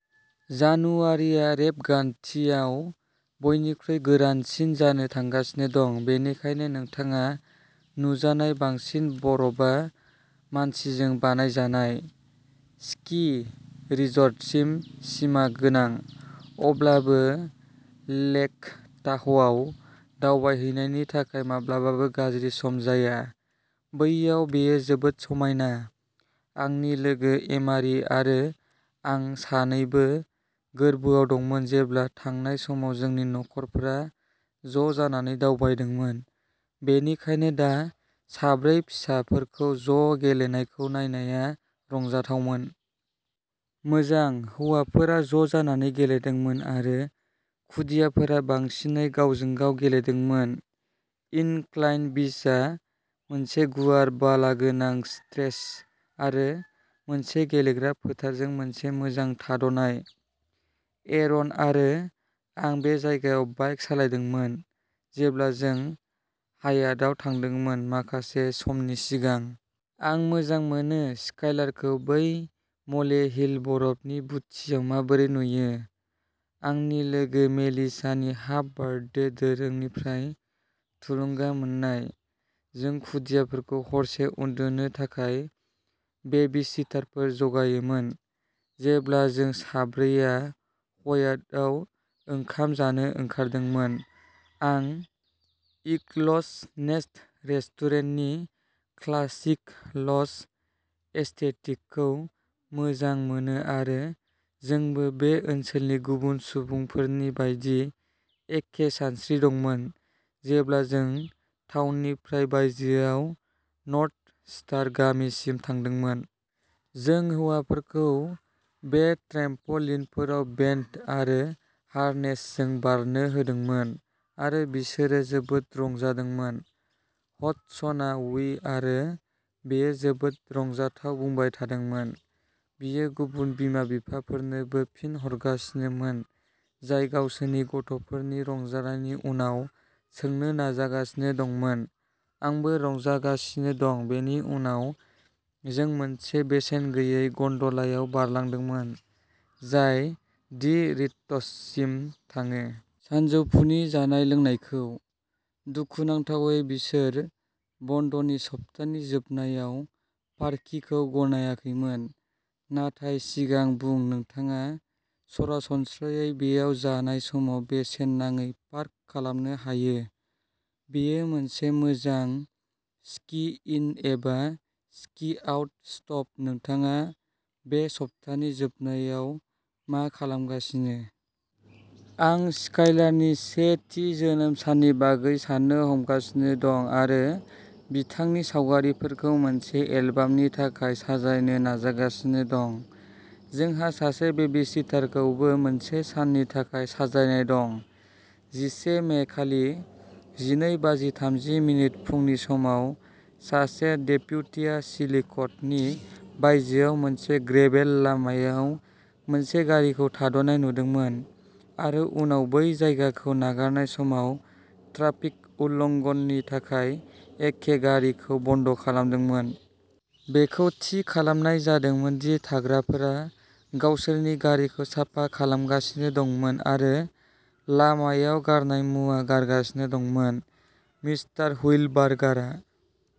जानुवारिआ रेबगान्थियाव बयनिख्रुइ गोरानसिन जानो थांगासिनो दं बेनिखायनो नोंथाङा नुजानाय बांसिन बरफआ मानसिजों बानायजानाय, स्कि रिसर्टसिम सिमा गोनां। अब्लाबो, लेक ताह'आव दावबायहैनायनि थाखाय माब्लाबाबो गाज्रि सम जाया। बैयाव बेयो जोबोद समायना। आंनि लोगो एमारि आरो आं सानैबो गोर्बोआव दंमोन जेब्ला थांनाय समाव जोंनि नखरफोरा ज' जानानै दावबायदोंमोन, बेनिखायनो दा साब्रै फिसाफोरखौ ज' गेलेनायखौ नायनाया रंजाथावमोन। मोजां, हौवासाफोरा ज' जानानै गेलेदोंमोन आरो खुदियाफोरा बांसिनै गावजों-गाव गेलेदोंमोन। इनक्लाइन बीचआ मोनसे गुवार बालागोनां स्ट्रेच आरो मोनसे गेलेग्रा फोथारजों मोनसे मोजां थाद'नाय। एरन आरो आं बे जायगायाव बाइक सालायदोंमोन जेब्ला जों हायातआव थादोंमोन, माखासे समनि सिगां। आं मोजां मोनो स्काइलारखौ बै म'लेहिल बरफनि बुटियाव माबोरै नुयो आंनि लोगो मेलिसानि हाफ बार्थडे दोरोंनिफ्राय थुलुंगा मोननाय। जों खुदियाफोरखौ हरसे उन्दुनो थाखाय बेबिसिटारफोर जगायोमोन, जेब्ला जों साब्रैया हयातआव ओंखाम जानो ओंखारदोंमोन। आं इगल'स नेस्ट रेस्टुरेन्टनि क्लासिक ल'ज एस्थेटिकखौ मोजां मोनो आरो जोंबो बे ओनसोलनि गुबुन सुबुंफोरनि बायदि एखे सानस्रि दंमोन जेब्ला जों टाउननिफ्राय बायजोआव नर्थस्टार गामिसिम थांदोंमोन। जों हौवाफोरखौ बे ट्रेम्प' लिनफोराव बेन्ड आरो हार्नेसजों बारनो होदोंमोन आरो बिसोरो जोबोद रंजादोंमोन। हडसनआ व्ही आरो बेयो जोबोद रंजाथाव बुंबाय थादोंमोन, बियो गुबुन बिमा-बिफाफोरनोबो फिन हरगासिनोमोन, जाय गावसोरनि गथ'फोरनि रंजानायनि उनाव सोंनो नाजागासिनो दंमोन आंबो रंजागासिनो दं बेनि उनाव जों मोनसे बेसेन गैयै गन्ड'लायाव बारलांदोंमोन, जाय दि रिट्जसिम थाङो। सानजौफुनि जानाय लोंनायखौ। दुखुनांथावै बिसोर बन्दनि सप्तानि जोबनायाव पार्किंखौ गनायाखैमोन, नाथाय सिगां बुं नोंथाङा सरासनस्रायै बेयाव जानाय समाव बेसेन नाङै पार्क खालामनो हायो। बेयो मोनसे मोजां स्कि इन एबा स्कि आउट स्टप। नोंथाङा बे सप्तानि जोबनायाव मा खालामगासिनो? आं स्काइलारनि से थि जोनोम साननि बागै साननो हमगासिनो दं आरो बिथांनि सावगारिफोरखौ मोनसे एलबामनि थाखाय साजायनो नाजागासिनो दं। जोंहा सासे बेबिसिटारखौबो मोनसे साननि थाखाय साजायनाय दं। जिसे मे, खालि जिनै बाजि थामजि मिनिट फुंनि समाव सासे डेप्युटीया चिलिक'थनि बायजोआव मोनसे ग्रेभेल लामायाव मोनसे गारिखौ थाद'नाय नुदोंमोन आरो उनाव बै जायगाखौ नागारनाय समाव ट्राफिक उल्लङ्घननि थाखाय एखे गारिखौ बन्द' खालामदोंमोन। बेखौ थि खालामनाय जादोंमोन दि थाग्राफोरा गावसोरनि गारिखौ साफा खालामगासिनो दंमोन आरो लामायाव गारनाय मुवा गारगासिनो दंमोन। मिस्टार हुइलबार्गारआ